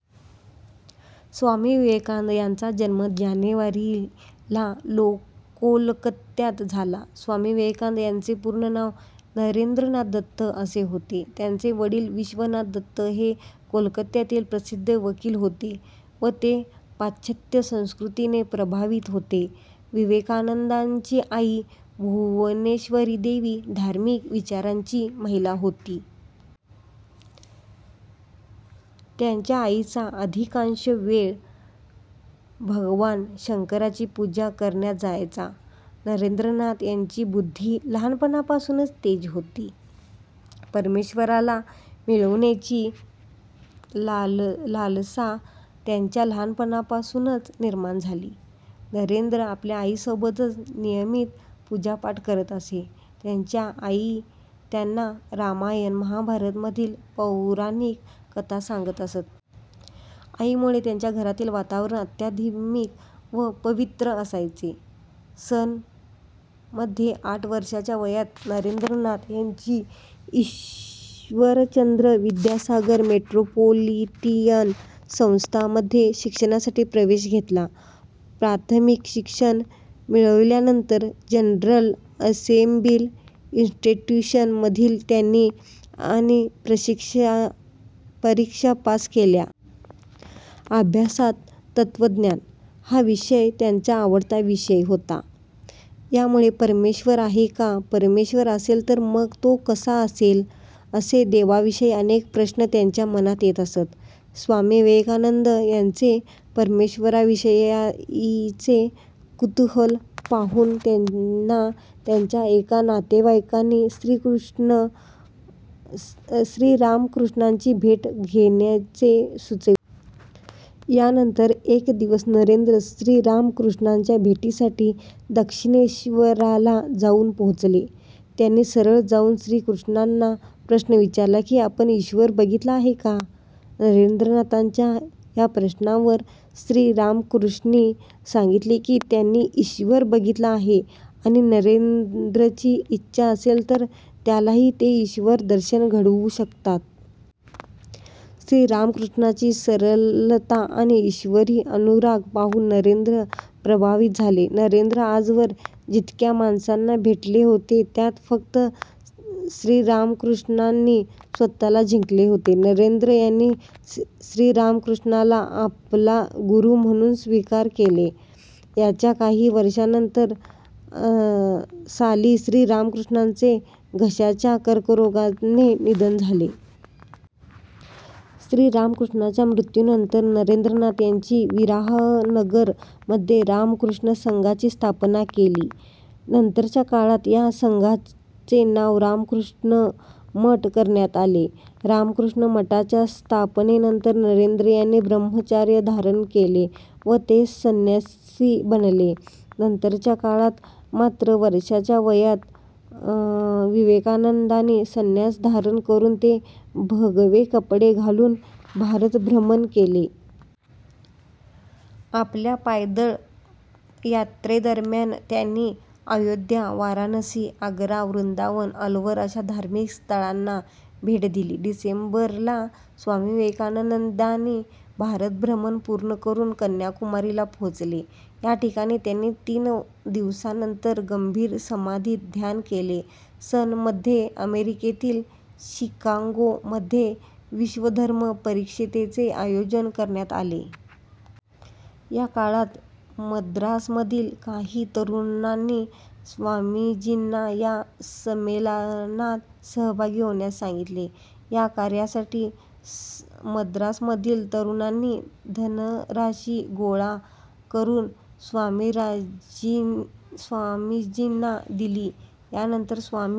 स्वामी विवेकानंद यांचा जन्म जानेवारी ला कोलकत्यात झाला. स्वामी विवेकानंद यांचे पूर्ण नाव नरेंद्रनाथ दत्त असे होते. त्यांचे वडील विश्वनाथ दत्त हे कोलकत्यातील प्रसिद्ध वकील होते व ते पाश्चात्य संस्कृतीने प्रभावित होते. विवेकानंदांची आई भुवनेश्वरी देवी धार्मिक विचाराची महिला होती. त्यांच्या आईचा अधिकांश वेळ भगवान शंकराची पूजा करण्यात जायचा. नरेंद्रनाथ यांची बुद्धी लहानपणापासूनच तेज होती. परमेश्वराला मिळविण्याची लालसा त्यांच्यात लहानपणापासूनच निर्माण झाली. नरेंद्र आपल्या आई सोबत नियमित पूजापाठ करत असत. त्यांच्या आई त्यांना रामायण महाभारत मधील पौराणिक कथा सांगत असत. आईमुळे त्यांच्या घरातील वातावरण अध्यात्मिक व पवित्र असायचे. सन मध्ये आठ वर्षाच्या वयात नरेंद्रनाथ यांनी ईश्वरचंद्र विद्यासागर मेट्रोपोलिटिअन संस्था मध्ये शिक्षणासाठी प्रवेश घेतला. प्राथमिक शिक्षण मिळवल्यानंतर जनरल असेंबली इन्स्टिट्यूशन मधून त्यांनी आणि परीक्षा पास केल्या. अभ्यासात तत्वज्ञान हा विषय त्यांच्या आवडता विषय होता. यामुळे परमेश्वर आहे का? परमेश्वर असेल तर मग तो कसा असेल? असे देवाविषयी अनेक प्रश्न त्यांच्या मनात येत असत. स्वामी विवेकानंद यांचे परमेश्वरा विषयीयीचे कुतूहल पाहून त्यांना त्यांच्या एका नातेवाईकांनी श्रीरामकृष्णाची भेट घेण्याचे सुचवले. यानंतर एक दिवस नरेंद्र श्रीरामकृष्णांच्या भेटीसाठी दक्षिणेश्वराला जाऊन पोहोचले. त्यांनी सरळ जाऊन श्रीरामकृष्णांना प्रश्न केला की "आपण ईश्वर बघितला आहे का? " नरेंद्रनाथांच्या या प्रश्नावर श्रीरामकृष्णी सांगितले की त्यांनी ईश्वर बघितला आहे आणि नरेंद्रची इच्छा असेल तर त्यालाही ते ईश्वर दर्शन घडवू शकतात. श्रीरामकृष्णाची सरलता आणि ईश्वरी अनुराग पाहून नरेंद्र प्रभावित झाले. नरेंद्र आजवर जितक्या माणसांना भेटले होते त्यात फक्त श्रीरामकृष्णांनी स्वतःला जिंकले होते. नरेंद्र यांनी श्रीरामकृष्णाना आपला गुरु म्हणून स्वीकार केले. याच्या काही वर्षानंतर साली श्रीरामकृष्णांचे घशाच्या कर्करोगाने निधन झाले. श्रीराम कृष्णांच्या मृत्यूनंतर नरेंद्रनाथ यांनी वराहनगर मध्ये रामकृष्ण संघाची स्थापना केली. नंतरच्या काळात या संघाचे नाव रामकृष्ण मठ करण्यात आले. रामकृष्ण मठाच्या स्थापनेनंतर नरेंद्र यांनी ब्रह्मचर्य धारण केले व ते संन्यासी बनले. नंतरच्या काळात मात्र वर्षाच्या वयात विवेकानंदांनी संन्यास धारण करून व भगवेकपडे घालून भारतभ्रमण केले. आपल्या पायदळ यात्रेदरम्यान त्यांनी आयोध्या, वाराणसी, आग्रा, वृंदावन, अल्वर अशा धार्मिक स्थळांना भेट दिली. डिसेंबर ला स्वामी विवेकानंद भारत-भ्रमण पूर्ण करून कन्याकुमारी ला पोहोचले. याठिकाणी त्यांनी तीन दिवसांपर्यंत गंभीर समाधीत ध्यान केले. सन मध्ये अमेरिकेतील शिकागो मध्ये विश्व धर्म परिषदेचे आयोजन करण्यात आले. या काळात मद्रास मधील काही तरुणांनी स्वामीजींना या संमेलनात सहभागी होण्यास सांगितले. या कार्यासाठी मद्रासमधील तरुणांनी धनराशी गोळा करून स्वामीजींना दिली. यानंतर स्वामी